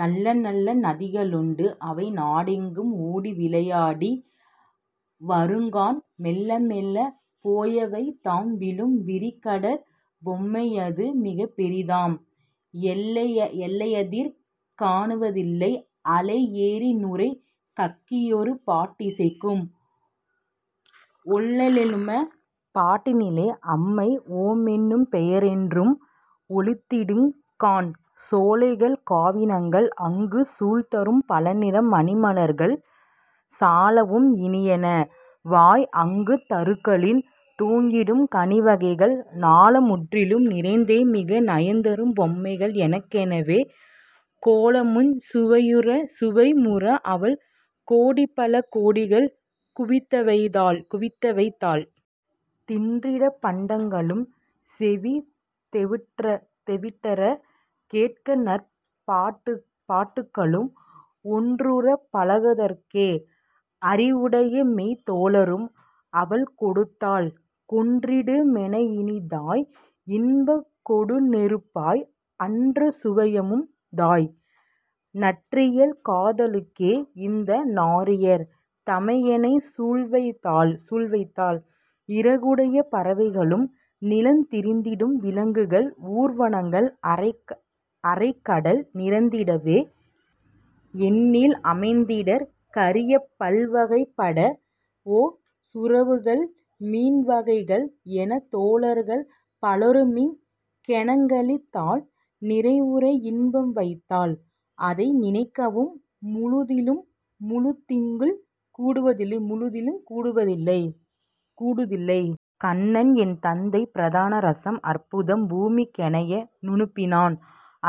நல்லநல்ல நதிகளுண்டு அவை நாடெங்கும் ஓடிவிளை யாடி வருங்காண்; மெல்ல மெல்லப் போயவை தாம் விழும் விரிகடற் பொம்மையது மிகப் பெரிதாம்; எல்லையதிற் காணுவ தில்லை; அலை எற்றிநுரை கக்கியொரு பாட்டிசைக்கும்; ஒல்லெனுமப் பாட்டினிலே அம்மை ஓமெனும் பெயரென்றும் ஒலித்திடுங் காண். சோலைகள் காவினங் கள் அங்கு சூழ்தரும் பலநிற மணிமலர் கள் சாலவும் இனியன வாய் அங்கு தருக்களில் தூங்கிடும் கனிவகை கள் ஞாலமுற்றிலும் நிறைந் தே மிக நயந்தரு பொம்மைகள் எனக்கென வே; கோலமுஞ் சுவையு முற அவள் கோடிபல கோடிகள் குவித்துவைத் தாள். தின்றிடப் பண்டங்களும் செவி தெவிட்டறக் கேட்கநற் பாட்டுக்க ளும், ஒன்றுறப் பழகுதற் கே அறி வுடையமெய்த் தோழரும் அவள்கொடுத் தாள்; கொன்றிடு மெனஇனி தாய் இன்பக் கொடுநெருப் பாய் அனற் சுவையமு தாய், நன்றியல் காதலுக் கே இந்த நாரியர் தமையெனைச் சூழவைத் தாள். இறகுடைப் பறவைக ளும் நிலந் திரிந்திடும் விலங்குகள் ஊர்வனங்கள் அறைகடல் நிறைந்திட வே எண்ணில் அமைத்திடற் கரியபல் வகைப்பட வே சுறவுகள் மீன்வகை கள் எனத் தோழர்கள் பலருமிங் கெனக்களித் தாள்; நிறைவுற இன்பம்வைத் தாள்; அதை நினைக்கவும் முழுதிலுங் கூடுதில்லை. கண்ணன் என் தந்தை ப்ரதான ரஸம் அற்புதம் பூமிக் கெனைய னுப்பி னான்;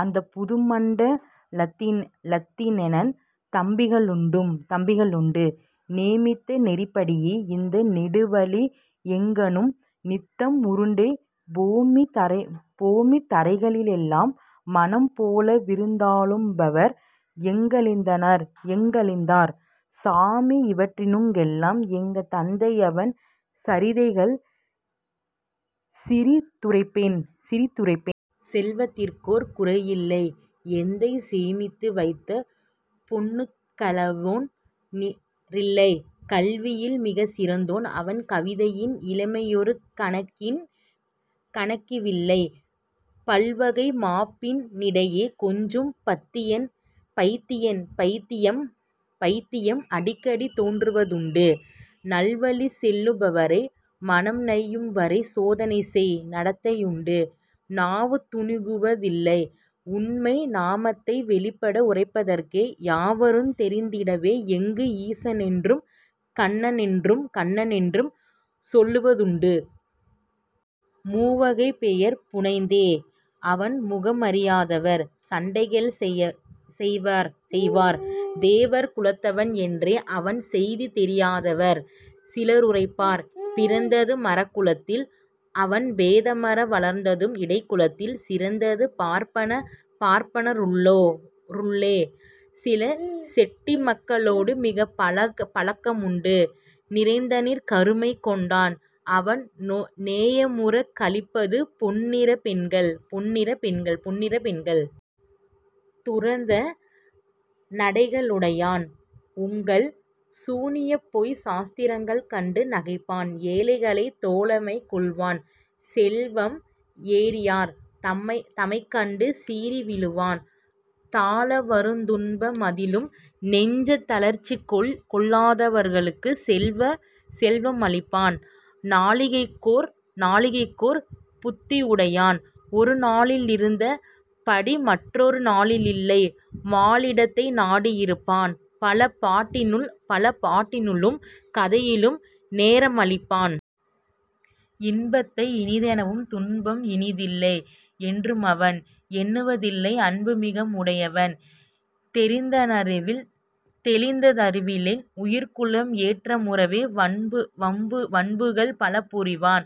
அந்தப் புதுமண்ட லத்திலென் தம்பிக ளுண்டு; நேமித்த நெறிப்படி யே இந்த நெடுவெளி யெங்கணும் நித்தம் உருண்டே போமித் தரைகளி லெல்லாம் மனம் போலவிருந் தாளுபவர் எங்க ளினத்தார், சாமி இவற்றினுக் கெல்லாம் எங்க தந்தையவன் சரிதைகள் சிறி துரைப்பேன். செல்வத்திற்கோர் குறையில்லை; எந்தை சேமித்து வைத்த பொன்னுக் களவொன் றில்லை; கல்வியில் மிகச் சிறந்தோன் அவன் கவிதையின் இனிமையொர் கணக்கி லில்லை; பல்வகை மாண்பி னிடையே கொஞ்சம் பயித்தியம் அடிக்கடி தோன்றுவ துண்டு; நல்வழி செல்லு பவரை மனம் நையும்வரை சோதனைசெய் நடத்தை யுண்டு. நாவு துணிகுவ தில்லை உண்மை நாமத்தை வெளிப்பட உரைப்பதற்கே; யாவருந் தெரிந்திடவே எங்கள் ஈசனென்றும் கண்ணனென்றும் சொல்லுவதுண்டு. மூவகைப் பெயர் புனைந்தே அவன் முகமறி யாதவர் சண்டைகள் செய்வார்; தேவர் குலத்தவன் என்றே அவன் செய்திதெரி யாதவர் சிலருரைப்பார்.. பிறந்தது மறக் குலத்தில்; அவன் பேதமற வளர்ந்ததும் இடைக்குலத்தில்; சிறந்தது பார்ப்பன ருள்ளே; சில செட்டிமக்க ளோடுமிகப் பழக்க முண்டு; நிறந்தனிற் கருமை கொண்டான்; அவன் நேயமுறக் களிப்பது பொன்னிறப் பெண்கள்! துறந்த நடைக ளுடையான்; உங்கள் சூனியப்பொய்ச் சாத்திரங்கள் கண்டு நகைப்பான். ஏழைகளைத் தோழமை கொள்வான்; செல்வம் ஏறியார் தமைக்கண்டு சீறி விழுவான்; தாழவருந் துன்ப மதிலும் நெஞ்சத் தளர்ச்சிகொள் ளாதவார்க்குச் செல்வ மளிப்பான்; நாழிகைக்கொர் புத்தி யுடையான்; ஒரு நாளிருந்த படிமற்றொர் நாளினி லில்லை. பாழிடத்தை நாடி யிருப்பான்; பல பாட்டினிலும் கதையிலும் நேரமழிப் பான். இன்பத்தை இனிதெனவும் துன்பம் இனிதில்லை யென்றுமவன் எண்ணுவ தில்லை; அன்பு மிகவு முடையான்; தெளிந் தறிவினில் உயிர்க்குலம் ஏற்ற முறவே, வன்புகள் பல புரிவான்;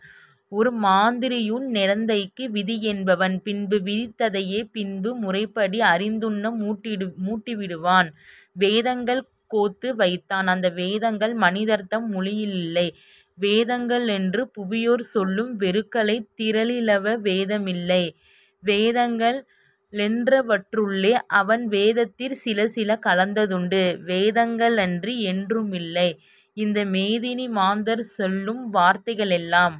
ஒரு மந்திரியுண் டெந்தைக்கு விதியென்பவன்; முன்பு விதித்த தனையே பின்பு முறைப்படி அறிந்துண்ண மூட்டி விடுவான். வேதங்கள் கோத்து வைத்தான் அந்த வேதங்கள் மனிதர்தம் மொழியி லில்லை; வேதங்க ளென்று புவியோர் சொல்லும் வெறுங்கதைத் திரளிலவ் வேதமில்லை; வேதங்க ளென்றவற் றுள்ளே அவன் வேதத்திற் சிலசில கலந்ததுண்டு; வேதங்க ளன்றி யொன்றில்லை இந்த மேதினி மாந்தர் சொலும் வார்த்தைக ளெல்லாம்.